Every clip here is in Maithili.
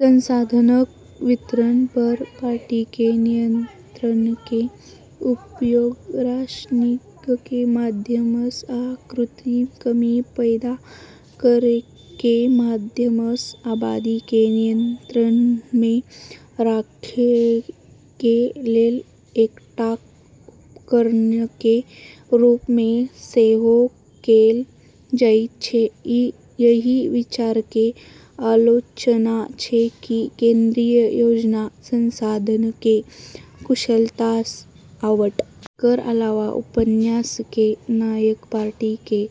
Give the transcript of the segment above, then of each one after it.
संसाधनक वितरण पर पार्टीके नियंत्रणके उपयोग राशनिंगके माध्यमसँ, आ कृत्रिम कमी पैदा करैके माध्यमसँ, आबादीके नियंत्रणमे राखैके लेल एकटा उपकरणके रूपमे सेहो कैल जाइत छै । ई एहि विचारके आलोचना छै कि केंद्रीय योजना संसाधनके कुशलतासँ आवंटन करि सकै छै आ आबादीके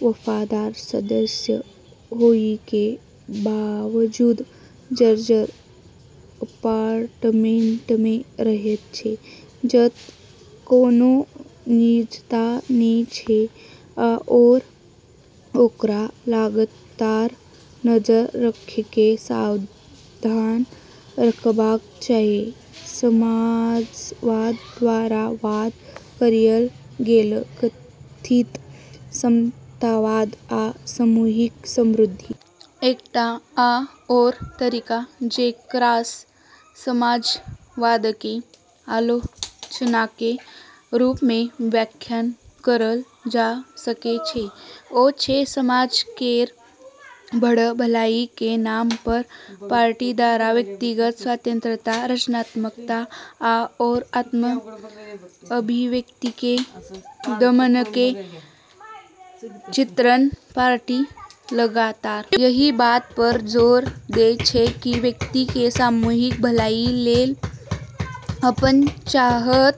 जरूरतके पूरा करि सकै छै । एकर अलावा उपन्यासके नायक पार्टी केर वफादार सदस्य होइके बावजूद जर्जर अपार्टमेंटमे रहैत छै, जतऽ कोनो निजता नै छै, आओर ओकरा लगातार नजर रखैके सावधान रहबाक चाही । समाजवाद द्वारा वादा कयल गेल कथित समतावाद आ सामूहिक समृद्धिक सङ्ग एकर तीव्र विपरीत अछि। एकटा आओर तरीका जेकरासँ समाजवादके आलोचनाके रूपमे व्याख्या करल जा सकै छै, ओ छै समाज केर "बड़ भलाई" के नाम पर, पार्टी द्वारा व्यक्तिगत स्वतंत्रता, रचनात्मकता आओर आत्म-अभिव्यक्तिके दमनके चित्रण। पार्टी लगातार एहि बात पर जोर दै छै कि व्यक्तिके सामूहिक भलाई लेल अपन चाहत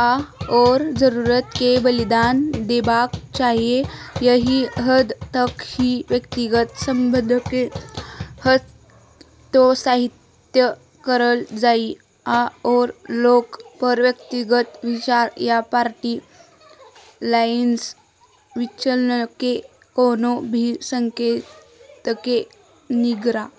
आओर जरूरत के बलिदान देबाक चाही, एहि हद तक कि व्यक्तिगत संबंधके हतोत्साहित करल जाइ, आओर लोक पर व्यक्तिगत विचार या पार्टी लाइनसँ विचलनके कोनो भी संकेतके निगरानी करल जाइ ।